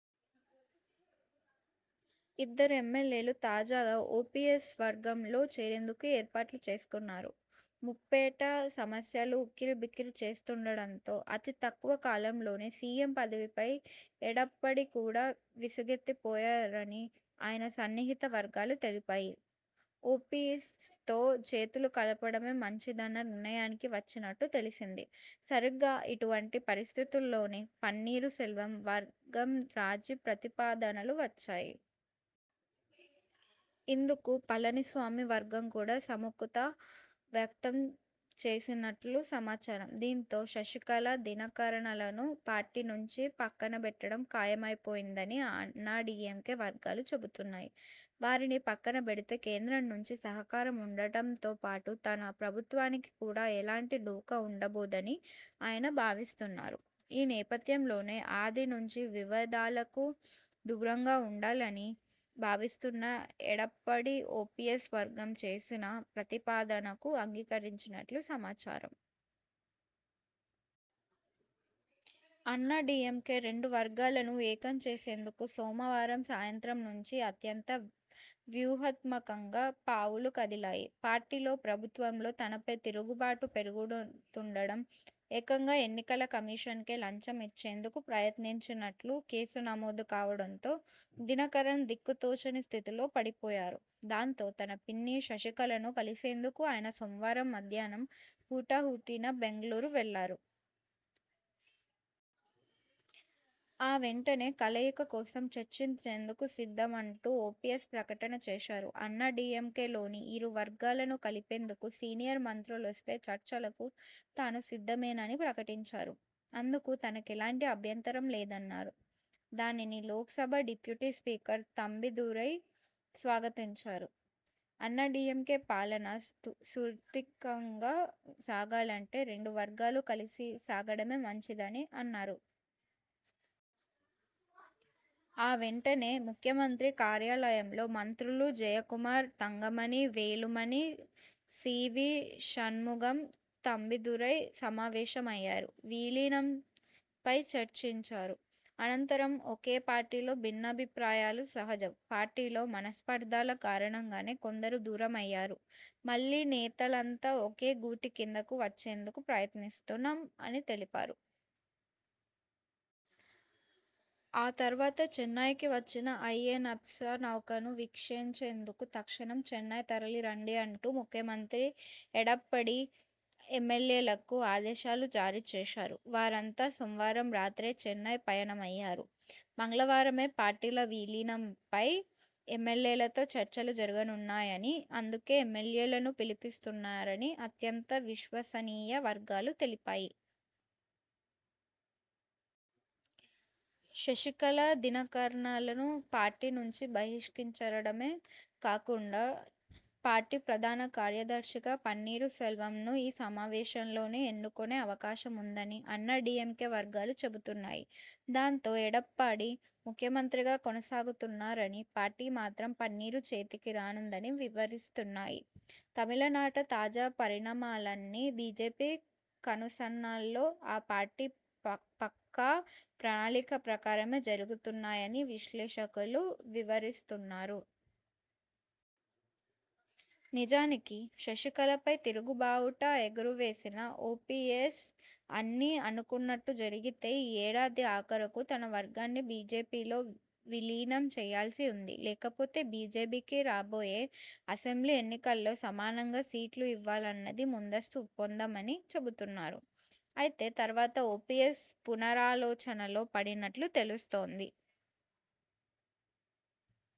ఇద్దరు ఎమ్మెల్యేలు తాజాగా ఓపీఎస్ వర్గంలో చేరేందుకు ఏర్పాట్లు చేసుకున్నారు. ముప్పేట సమస్యలు ఉక్కిరిబిక్కిరి చేస్తుండడంతో అతి తక్కువ కాలంలోనే సీఎం పదవిపై ఎడప్పాడి కూడా విసుగెత్తిపోయారని ఆయన సన్నిహిత వర్గాలు తెలిపాయి. ఓపీఎ్సతో చేతులు కలపడమే మంచిదన్న నిర్ణయానికి వచ్చినట్లు తెలిసింది. సరిగ్గా, ఇటువంటి పరిస్థితుల్లోనే పన్నీరు సెల్వం వర్గం రాజీ ప్రతిపాదనలు వచ్చాయి. ఇందుకు పళని స్వామి వర్గం కూడా సుముఖత వ్యక్తం చేసినట్లు సమాచారం. దీంతో, శశికళ, దినకరనలను పార్టీ నుంచి పక్కనబెట్టడం ఖాయమైపోయిందని అన్నాడీఎంకే వర్గాలు చెబుతున్నాయి. వారిని పక్కనబెడితే కేంద్రం నుంచి సహకారం ఉండడంతోపాటు తన ప్రభుత్వానికి కూడా ఎలాంటి ఢోకా ఉండబోదని ఆయన భావిస్తున్నారు ఈ నేపథ్యంలోనే, ఆది నుంచీ వివాదాలకు దూరంగా ఉండాలని భావిస్తున్న ఎడప్పాడి ఓపీఎస్ వర్గం చేసిన ప్రతిపాదనకు అంగీకరించినట్లు సమాచారం. అన్నాడీఎంకే రెండు వర్గాలనూ ఏకం చేసేందుకు సోమవారం సాయంత్రం నుంచి అత్యంత వ్యూహాత్మకంగా పావులు కదిలాయి. పార్టీలో, ప్రభుత్వంలో తనపై తిరుగుబాటు పెరుగుతుండడం, ఏకంగా ఎన్నికల కమిషన్కే లంచం ఇచ్చేందుకు ప్రయత్నించినట్లు కేసు నమోదు కావడంతో దినకరన్ దిక్కు తోచని స్థితిలో పడిపోయారు. దాంతో, తన పిన్ని శశికళను కలిసేందుకు ఆయన సోమవారం మధ్యాహ్నం హుటాహుటిన బెంగళూరు వెళ్లారు. ఆ వెంటనే, 'కలయిక కోసం చర్చించేందుకు సిద్ధం' అంటూ ఓపీఎస్ ప్రకటన చేశారు. అన్నాడీఎంకేలోని ఇరు వర్గాలను కలిపేందుకు సీనియర్ మంత్రులొస్తే చర్చలకు తాను సిద్ధమేనని ప్రకటించారు. అందుకు తనకెలాంటి అభ్యంతరం లేదన్నారు. దానిని, లోక్సభ డిప్యూటీ స్పీకర్ తంబిదురై స్వాగతించారు. అన్నాడీఎంకే పాలన సుస్థిరంగా సాగాలంటే రెండు వర్గాలు కలిసి సాగడమే మంచిదని అన్నారు. ఆ వెంటనే, ముఖ్యమంత్రి కార్యాలయంలో మంత్రులు జయకుమార్, తంగమణి, వేలుమణి, సీవీ షణ్ముగం, తంబిదురై సమావేశమయ్యారు. విలీనంపై చర్చించారు. అనంతరం ''ఒకే పార్టీలో భిన్నాభిప్రాయాలు సహజం. పార్టీలో మనస్పర్ధల కారణంగానే కొందరు దూరమయ్యారు. మళ్లీ నేతలంతా ఒకే గూటి కిందకు వచ్చేందుకు ప్రయత్నిస్తున్నాం'' అని తెలిపారు. ఆ తర్వాత 'చెన్నైకి వచ్చిన ఐఎనఎ్స నౌకను వీక్షించేందుకు తక్షణం చెన్నై తరలి రండి' అంటూ ముఖ్యమంత్రి ఎడప్పాడి ఎమ్మెల్యేలకు ఆదేశాలు జారీ చేశారు. వారంతా సోమవారం రాత్రే చెన్నై పయనమయ్యారు. మంగళవారమే పార్టీల 'విలీనం'పై ఎమ్మెల్యేలతో చర్చలు జరగనున్నాయని, అందుకే ఎమ్మెల్యేలను పిలిపిస్తున్నారని అత్యంత విశ్వసనీయ వర్గాలు తెలిపాయి. శశికళ, దినకరన్లను పార్టీ నుంచి బహిష్కరించడమే కాకుండా పార్టీ ప్రధాన కార్యదర్శిగా పన్నీరు సెల్వంను ఈ సమావేశంలోనే ఎన్నుకొనే అవకాశం ఉందని అన్నాడీఎంకే వర్గాలు చెబుతున్నాయి. దాంతో, ఎడప్పాడి ముఖ్యమంత్రిగా కొనసాగుతున్నారని, పార్టీ మాత్రం పన్నీరు చేతికి రానుందని వివరిస్తున్నాయి. తమిళనాట తాజా పరిణామాలన్నీ బీజేపీ కనుసన్నల్లో, ఆ పార్టీ పక్కా ప్రణాళిక ప్రకారమే జరుగుతున్నాయని విశ్లేషకులు వివరిస్తున్నారు. నిజానికి, శశికళపై తిరుగు బావుటా ఎగుర వేసిన ఓపీఎస్ అన్నీ అనుకున్నట్లు జరిగితే ఈ ఏడాది ఆఖరుకు తన వర్గాన్ని బీజేపీలో విలీనం చేయాల్సి ఉంది. లేకపోతే బీజేపీకి రాబోయే అసెంబ్లీ ఎన్నికల్లో సమానంగా సీట్లు ఇవ్వాలన్నది ముందస్తు ఒప్పందమని చెబుతున్నారు. అయితే తర్వాత ఓపీఎస్ పునరాలోచనలో పడినట్లు తెలుస్తోంది.